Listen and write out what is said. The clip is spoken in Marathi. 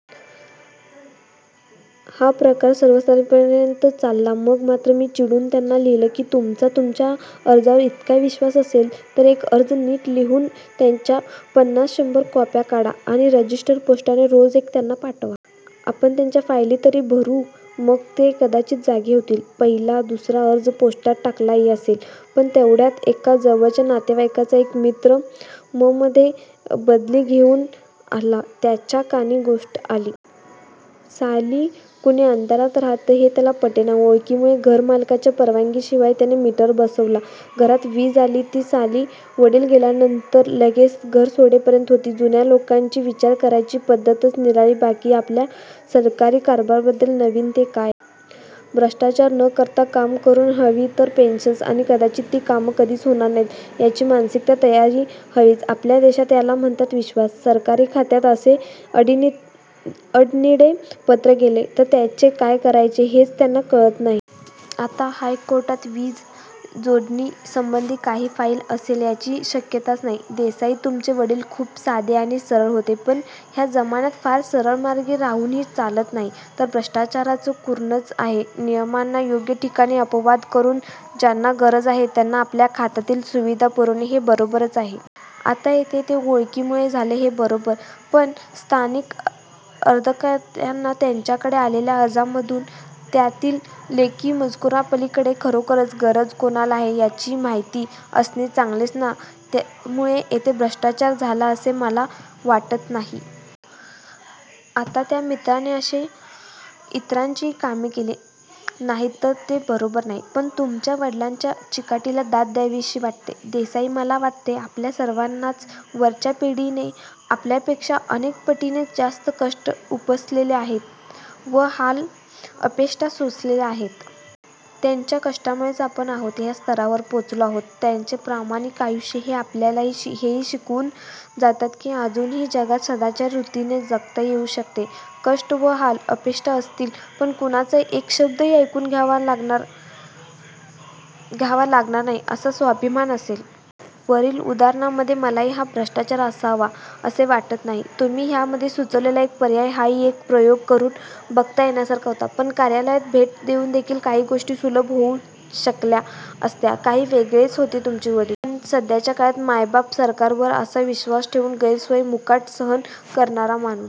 हा प्रकार सर्वसाधारणपणे पर्यंत चालला. मग मात्र मी चिडुन त्यांना लिहिलं की 'तुमचा तुमच्या अर्जावर इतका विश्वास असेल, तर एक अर्ज नीट लिहून, त्याच्या पन्नास/ शंभर कॉप्या काढा. आणि रजिस्टर पोस्टाने रोज एक त्यांना पाठवा. आपण त्यांच्या फाईली तरी भरू मग ते कदाचित जागे होतील. 'पहिला ुसरा अर्ज पोस्टात टाकलाही असेल. पण तेवढ्यात एका जवळच्या नातेवाईकाचा एक मित्र म. मं. मधे बदली घेऊन आला. त्याच्या कानी गोष्ट गेली. साली 'कुणी अंधारात रहातं,' हे त्याला पटेना. ओळखीमुळे 'घरमालकाच्या परवानगीशिवाय' त्याने मीटर बसवला. घरात वीज आली, ती साली वडिल गेल्यानंतर लगेच घर सोडेपर्यंत होती.. जुन्या लोकांची विचार करायची पद्ध्तच निराळी. बाकी आपल्या सरकारी कारभाराबद्दल, नवीन ते काय? भ्रष्टाचार न करता कामं करुन हवी तर पेशन्स आणि कदाचित ती कामं कधीच होणार नाहीत याची मानसिक तयारी हविच आपल्या देशात. याला म्हणतात विश्वास. सरकारी खात्यात असे अडनिडे पत्र गेले, तर त्याचे काय करायचे हेच त्याना कळत नाही. आता हायकोर्टात, वीज जोडणीसंबधी काही फाईल असेल, याची शक्यताच नाही. देसाई तुमचे वडील खुप साधे आणि सरळ होते पण ह्या जमान्यात फार सरळमार्गी राहुनही चालत नाही. तर भ्रष्टाचाराचं कुरणचं आहे. नियमांना योग्य ठिकाणी अपवाद करून ज्यांना गरज आहे त्यांना आपल्या खात्यातील सुविधा पुरवणे हे बरोबरच आहे. आता येथे ते ओळखीमुळे झाले हे बरोबर, पण स्थानिक अधिकार्यांना त्यांच्याकडे आलेल्या अर्जामधून त्यातील 'लेखी मजकुरापलिकडे' खरोखरच गरज कोणाला आहे याची माहिती असणे चांगलेच ना? त्यामुळे येथे भ्रष्टाचार झाला असे मला वाटत नाही. आता त्या मित्राने अशी इतरांचीही कामे केली नाहीत तर ते बरोबर नाही. पण तुमच्या वडिलांच्या चिकाटीला दाद द्यावीशी वाटते. देसाई, मला वाटते आपल्या सर्वान्च्याच वरच्या पिढीने आपल्यापेक्शा अनेक पटींनी जास्त कष्ट उपसलेले आहेत व हाल अपेष्टा सोसलेल्या आहेत. त्यांच्या कष्टांमुळेच आपण आहोत ह्या स्तरावर पोचलो आहोत. त्यांचे प्रामाणिक आयुष्य हे आपल्याला हेही शिकवून जातात की अजूनही जगात सदाचारी वृत्तीने जगता येऊ शकते. कष्ट व हाल अपेष्टा असतील पण कुणाचा एक शब्दही ऐकून घ्यावा लागणार नाही असा स्वाभिमान असेल. वरील उदाहरणामध्ये मलाही हा भ्रष्टाचार असावा असे वाटत नाही. तुम्ही ह्यामध्ये सुचवलेला एक पर्याय हाही एक प्रयोग करुन बघता येण्यासारखा होता. पण कार्यालयात भेट देउन देखील काही गोष्टी सुलभ होऊ शकल्या असत्या. काही वेगळेच होते तुमचे वडील! पण सध्याच्या काळात ''मायबाप सरकार''वर असा विश्वास ठेवून गैरसोय मुकाट सहन करणारा माणूस